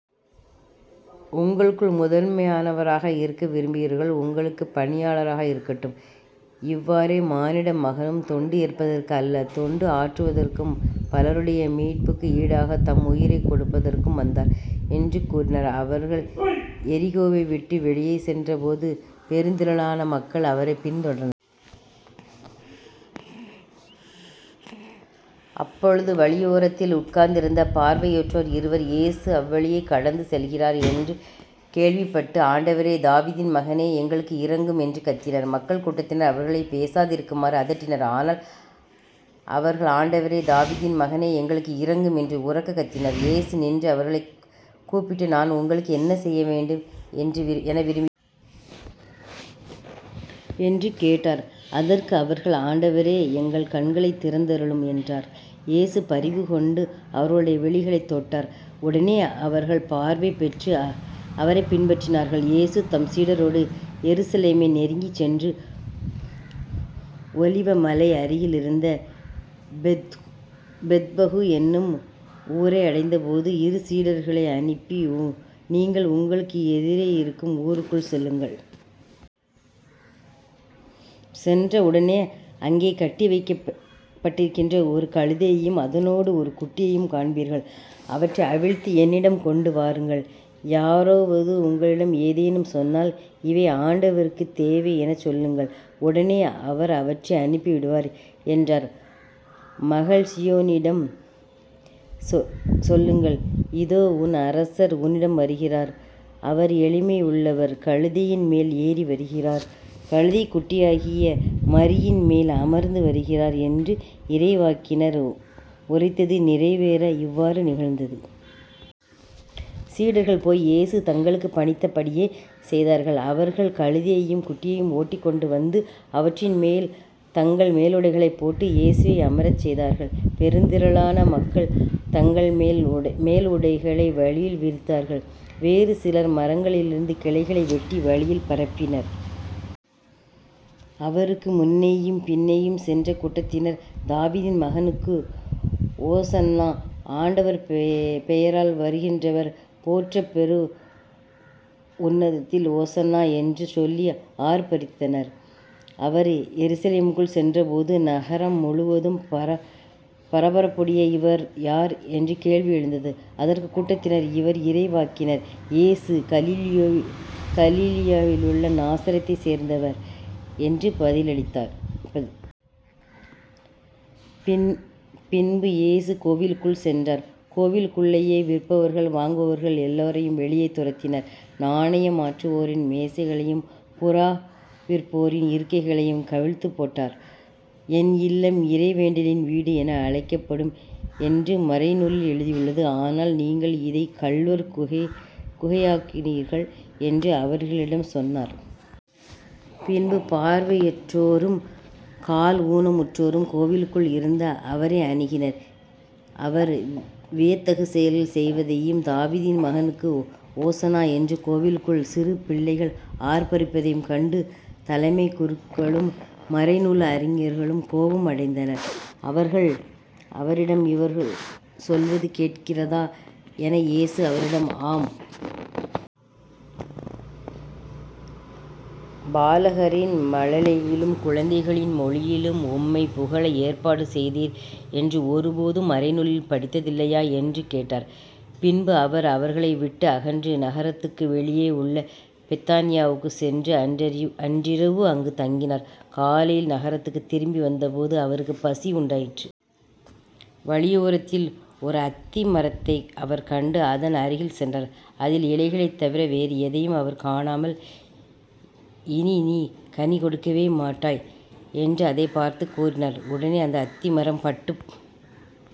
உங்களுள் முதன்மையானவராக இருக்க விரும்புகிறவர் உங்களுக்குப் பணியாளராக இருக்கட்டும். இவ்வாறே மானிட மகனும் தொண்டு ஏற்பதற்கு அல்ல, தொண்டு ஆற்றுவதற்கும் பலருடைய மீட்புக்கு ஈடாகத் தம் உயிரைக் கொடுப்பதற்கும் வந்தார்" என்று கூறினார். அவர்கள் எரிகோவை விட்டு வெளியே சென்றபோது பெருந்திரளான மக்கள் அவரைப் பின்தொடர்ந்தனர். அப்பொழுது வழியோரத்தில் உட்கார்ந்திருந்த பார்வையற்றோர் இருவர் இயேசு அவ்வழியே கடந்து செல்கிறார் என்று கேள்விப்பட்டு,"ஆண்டவரே, தாவீதின் மகனே, எங்களுக்கு இரங்கும்" என்று கத்தினர். மக்கள் கூட்டத்தினர் அவர்களைப் பேசாதிருக்குமாறு அதட்டினர். ஆனால் அவர்கள்,"ஆண்டவரே, தாவீதின் மகனே, எங்களுக்கு இரங்கும்" என்று உரக்கக் கத்தினார்கள். இயேசு நின்று, அவர்களைக் கூப்பிட்டு,"நான் உங்களுக்கு என்ன செய்ய வேண்டும் என விரும்பு " என்று கேட்டார். அதற்கு அவர்கள்,"ஆண்டவரே, எங்கள் கண்களைத் திறந்தருளும்" என்றார்கள். இயேசு பரிவு கொண்டு அவர்களுடைய விழிகளைத் தொட்டார். உடனே அவர்கள் பார்வை பெற்று, அவரைப் பின்பற்றினார்கள். இயேசு தம் சீடரோடு எருசலேமை நெருங்கிச் சென்று ஒலிவ மலை அருகிலிருந்த பெத்பகு என்னும் ஊரை அடைந்தபோது இரு சீடர்களை அனுப்பி, "நீங்கள் உங்களுக்கு எதிரே இருக்கும் ஊருக்குள் செல்லுங்கள். சென்ற உடனே அங்கே கட்டிவைக்கப்பட்டிருக்கிற ஒரு கழுதையையும் அதனோடு ஒரு குட்டியையும் காண்பீர்கள். அவற்றை அவிழ்த்து என்னிடம் கொண்டு வாருங்கள். யாரோவது உங்களிடம் ஏதேனும் சொன்னால்,"இவை ஆண்டவருக்குத் தேவை" எனச் சொல்லுங்கள். உடனே அவர் அவற்றை அனுப்பிவிடுவார்" என்றார். "மகள் சீயோனிடம் சொல்லுங்கள் இதோ உன் அரசர் உன்னிடம் வருகிறார் அவர் எளிமையுள்ளவர் கழுதையின் மேல் ஏறி வருகிறார் கழுதைக்குட்டியாகிய மறியின் மேல் அமர்ந்து வருகிறார்" என்று இறைவாக்கினர் உரைத்தது நிறைவேற இவ்வாறு நிகழ்ந்தது. சீடர்கள் போய் இயேசு தங்களுக்குப் பணித்த படியே செய்தார்கள். அவர்கள் கழுதையையும் குட்டியையும் ஓட்டிக் கொண்டு வந்து, அவற்றின் மேல் தங்கள் மேலுடைகளைப் போட்டு, இயேசுவை அமரச் செய்தார்கள். பெருந்திரளான மக்கள் தங்கள் மேல் உடைகளை வழியில் விரித்தார்கள். வேறு சிலர் மரங்களிலிருந்து கிளைகளை வெட்டி வழியில் பரப்பினர். அவருக்கு முன்னேயும் பின்னேயும் சென்ற கூட்டத்தினர்,"தாவீதின் மகனுக்கு ஓசன்னா. ஆண்டவர் பெயரால் வருகின்றவர் போற்றப்பெறுக. உன்னதத்தில் ஓசன்னா. " என்று சொல்லி ஆர்ப்பித்தனர். அவர் எருசலேமுக்குள் சென்றபோது நகரம் முழுவதும் பரபரப்படைய,"இவர் யார்? " என்னும் கேள்வி எழுந்தது. அதற்குக் கூட்டத்தினர்,"இவர் இறைவாக்கினர் இயேசு கலிலேயாவிலுள்ள நாசரேத்தைச் சேர்ந்தவர்" என்று பதிலளித்தனர். பின்பு இயேசு கோவிலுக்குள் சென்றார் கோவிலுக்குள்ளேயே விற்பவர்கள், வாங்குபவர்கள் எல்லாரையும் வெளியே துரத்தினார். நாணயம் மாற்றுவோரின் மேசைகளையும் புறா விற்போரின் இருக்கைகளையும் கவிழ்த்துப் போட்டார். "என் இல்லம் இறைவேண்டலின் வீடு என அழைக்கப்படும் என்று மறைநூலில் எழுதியுள்ளது. ஆனால் நீங்கள் இதைக் கள்வர் குகையாக்குகிறீர்கள்" என்று அவர்களிடம் சொன்னார். பின்பு பார்வையற்றோரும் கால் ஊனமுற்றோரும் கோவிலுக்குள் இருந்த அவரை அணுகினர். அவர் வியத்தகு செயல்கள் செய்வதையும்"தாவீதின் மகனுக்கு ஓசன்னா" என்று கோவிலுக்குள் சிறு பிள்ளைகள் ஆர்ப்பிப்பதையும் கண்டு தலைமைக் குருக்களும், மறைநூல் அறிஞர்களும் கோபம் அடைந்தனர். அவர்கள் அவரிடம்,"இவர்கள் சொல்வது கேட்கிறதா? " என, இயேசு அவர்களிடம்,"ஆம். "பாலகரின் மழலையிலும் குழந்தைகளின் மொழியிலும் உம்மைப் புகழ ஏற்பாடு செய்தீர்" என்று ஒருபோதும் மறைநூலில் படித்ததில்லையா? " என்று கேட்டார். பின்பு அவர் அவர்களை விட்டு அகன்று நகரத்திற்கு வெளியே உள்ள பெத்தானியாவுக்குச் சென்று அன்றிரவு அங்குத் தங்கினார். காலையில் நகரத்திற்குத் திரும்பி வந்தபொழுது அவருக்குப் பசி உண்டாயிற்று. வழியோரத்தில் ஓர் அத்தி மரத்தை அவர் கண்டு அதன் அருகில் சென்றார். அதில் இலைகளைத் தவிர வேறு எதையும் அவர் காணாமல்,"இனி நீ கனி கொடுக்கவே மாட்டாய்" என்று அதைப் பார்த்துக் கூறினார். உடனே அந்த அத்தி மரம் பட்டுப்